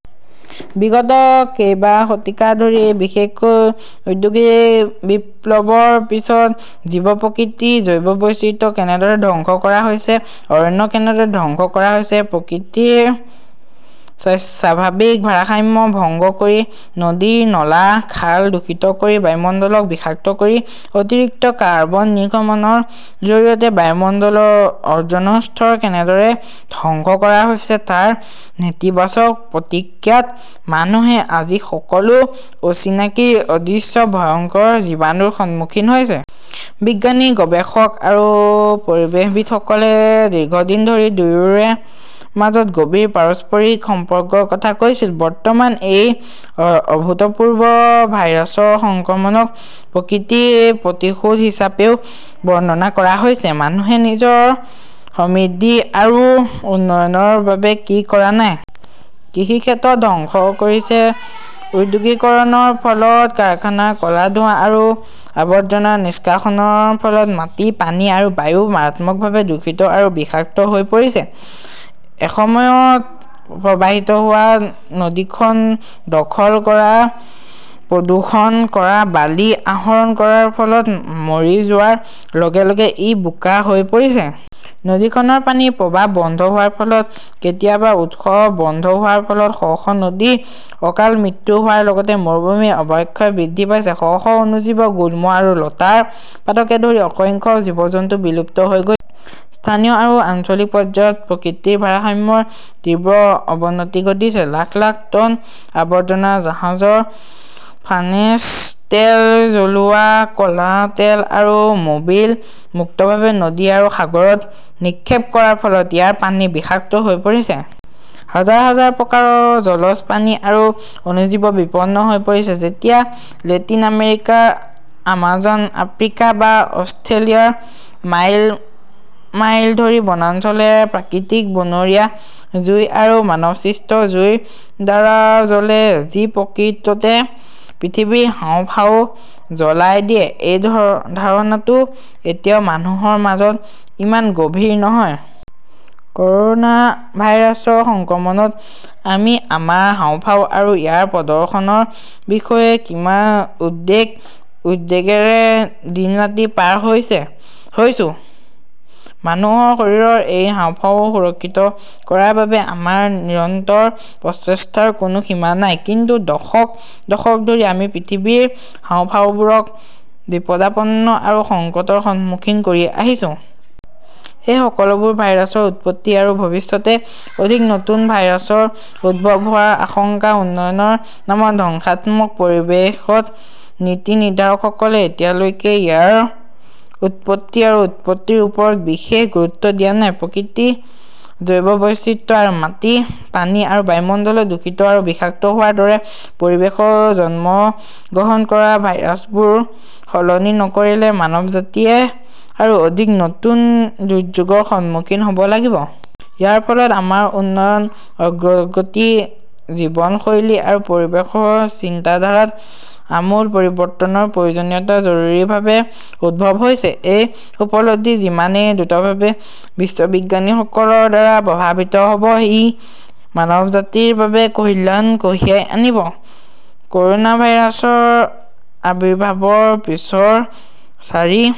বিগত কেইবা শতিকা ধৰি, বিশেষকৈ ঔদ্যোগিক বিপ্লৱৰ পিছত জীৱ-প্ৰকৃতি, জৈৱ বৈচিত্ৰ্য কেনেদৰে ধ্বংস কৰা হৈছে, অৰণ্য কেনেদৰে ধ্বংস কৰা হৈছে, প্ৰকৃতিৰ স্বাভাৱিক ভাৰসাম্য ভংগ কৰি নদীৰ নলা, খাল দূষিত কৰি বায়ুমণ্ডলক বিষাক্ত কৰি অতিৰিক্ত কাৰ্বন নিৰ্গমনৰ জৰিয়তে বায়ুমণ্ডলৰ অ’জনৰ স্তৰ কেনেদৰে ধ্বংস কৰা হৈছে তাৰ নেতিবাচক প্ৰতিক্ৰিয়াত মানুহে আজি সকলো অচিনাকি অদৃশ্য ভয়ংকৰ জীৱাণুৰ সন্মুখীন হৈছে। বিজ্ঞানী, গৱেষক আৰু পৰিৱেশবিদসকলে দীৰ্ঘদিন ধৰি দুয়োৰে মাজত গভীৰ পাৰস্পৰিক সম্পৰ্কৰ কথা কৈছিল। বৰ্তমান এই অভূতপূৰ্ব ভাইৰাছৰ সংক্ৰমণক প্ৰকৃতিৰ প্ৰতিশোধ হিচাপেও বৰ্ণনা কৰা হৈছে। মানুহে নিজৰ সমৃদ্ধি আৰু উন্নয়নৰ বাবে কি কৰা নাই! কৃষিক্ষেত্ৰ ধ্বংস কৰিছে, ঔদ্যোগিকৰণৰ ফলত কাৰখানাৰ ক'লা ধোঁৱা আৰু আৱৰ্জনা নিষ্কাশনৰ ফলত মাটি, পানী আৰু বায়ু মাৰাত্মকভাৱে দূষিত আৰু বিষাক্ত হৈ পৰিছে। এসময়ত প্ৰৱাহিত হোৱা নদীখন দখল কৰা-প্ৰদূষণ কৰা-বালি আহৰণ কৰাৰ ফলত মৰি যোৱাৰ লগে লগে ই বোকা হৈ পৰিছে। নদীখনৰ পানীৰ প্ৰবাহ বন্ধ হোৱাৰ ফলত, কেতিয়াবা উৎস বন্ধ হোৱাৰ ফলত শ শ নদীৰ অকাল মৃত্যু হোৱাৰ লগতে মৰুভূমিৰ অৱক্ষয় বৃদ্ধি পাইছে। শ শ অণুজীৱ, গুল্ম আৰু লতাৰ পাতকে ধৰি অসংখ্য জীৱ-জন্তু বিলুপ্ত হৈ গৈছে। স্থানীয় আৰু আঞ্চলিক পৰ্যায়ত প্ৰকৃতিৰ ভাৰসাম্যৰ তীব্ৰ অৱনতি ঘটিছে। লাখ লাখ টন আৱৰ্জনা, জাহাজৰ ফাৰ্নেচ তেল, জ্বলোৱা ক'লা তেল আৰু মবিল মুক্তভাৱে নদী আৰু সাগৰত নিক্ষেপ কৰাৰ ফলত ইয়াৰ পানী বিষাক্ত হৈ পৰিছে। হাজাৰ হাজাৰ প্ৰকাৰৰ জলজ প্ৰাণী আৰু অণুজীৱ বিপন্ন হৈ পৰিছে। যেতিয়া লেটিন আমেৰিকাৰ আমাজন, আফ্ৰিকা বা অষ্ট্ৰেলিয়াৰ মাইল মাইল ধৰি বনাঞ্চলে প্ৰাকৃতিক বনৰীয়া জুই আৰু মানৱসৃষ্ট জুইৰ দ্বাৰা জ্বলে, যি প্ৰকৃততে পৃথিৱীৰ হাঁওফাঁও জ্বলাই দিয়ে-এই ধাৰণাটো এতিয়াও মানুহৰ মাজত ইমান গভীৰ নহয়। ক’ৰ’না ভাইৰাছৰ সংক্ৰমণত আমি আমাৰ হাঁওফাঁও আৰু ইয়াৰ প্ৰদৰ্শনৰ বিষয়ে কিমান উদ্বেগ-উদ্বেগৰে দিন-ৰাতি পাৰ হৈছো! মানুহৰ শৰীৰৰ এই হাঁওফাঁও সুৰক্ষিত কৰাৰ বাবে আমাৰ নিৰন্তৰ প্ৰচেষ্টাৰ কোনো সীমা নাই। কিন্তু দশক দশক ধৰি আমি পৃথিৱীৰ হাঁওফাঁওবোৰক বিপদাপন্ন আৰু সংকটৰ সন্মুখীন কৰি আহিছো। এই সকলোবোৰ ভাইৰাছৰ উৎপত্তি আৰু ভৱিষ্যতে অধিক নতুন ভাইৰাছৰ উদ্ভৱ হোৱাৰ আশংকা-উন্নয়নৰ নামত ধ্বংসাত্মক পৰিৱেশত-নীতি নিৰ্ধাৰকসকলে এতিয়ালৈকে ইয়াৰ উৎপত্তি আৰু উৎপত্তিৰ ওপৰত বিশেষ গুৰুত্ব দিয়া নাই। প্ৰকৃতি, জৈৱ বৈচিত্ৰ্য আৰু মাটি, পানী আৰু বায়ুমণ্ডল দূষিত আৰু বিষাক্ত হোৱাৰ দৰে পৰিৱেশত জন্মগ্ৰহণ কৰা ভাইৰাছবোৰ সলনি নকৰিলে মানৱজাতিয়ে আৰু অধিক নতুন দুৰ্যোগৰ সন্মুখীন হ 'ব লাগিব। ইয়াৰ ফলত আমাৰ উন্নয়ন, অগ্ৰগতি, জীৱনশৈলী আৰু পৰিৱেশৰ চিন্তাধাৰাত আমূল পৰিৱৰ্তনৰ প্ৰয়োজনীয়তা জৰুৰীভাৱে উদ্ভৱ হৈছে। এই উপলব্ধি যিমানেই দ্ৰুতভাৱে বিশ্ববিজ্ঞানীসকলৰ দ্বাৰা প্ৰভাৱিত হ’ব, ই মানৱজাতিৰ বাবে কল্যাণ কঢ়িয়াই আনিব। ক’ৰ 'না ভাইৰাছৰ আবিৰ্ভাৱৰ পিছৰ চাৰি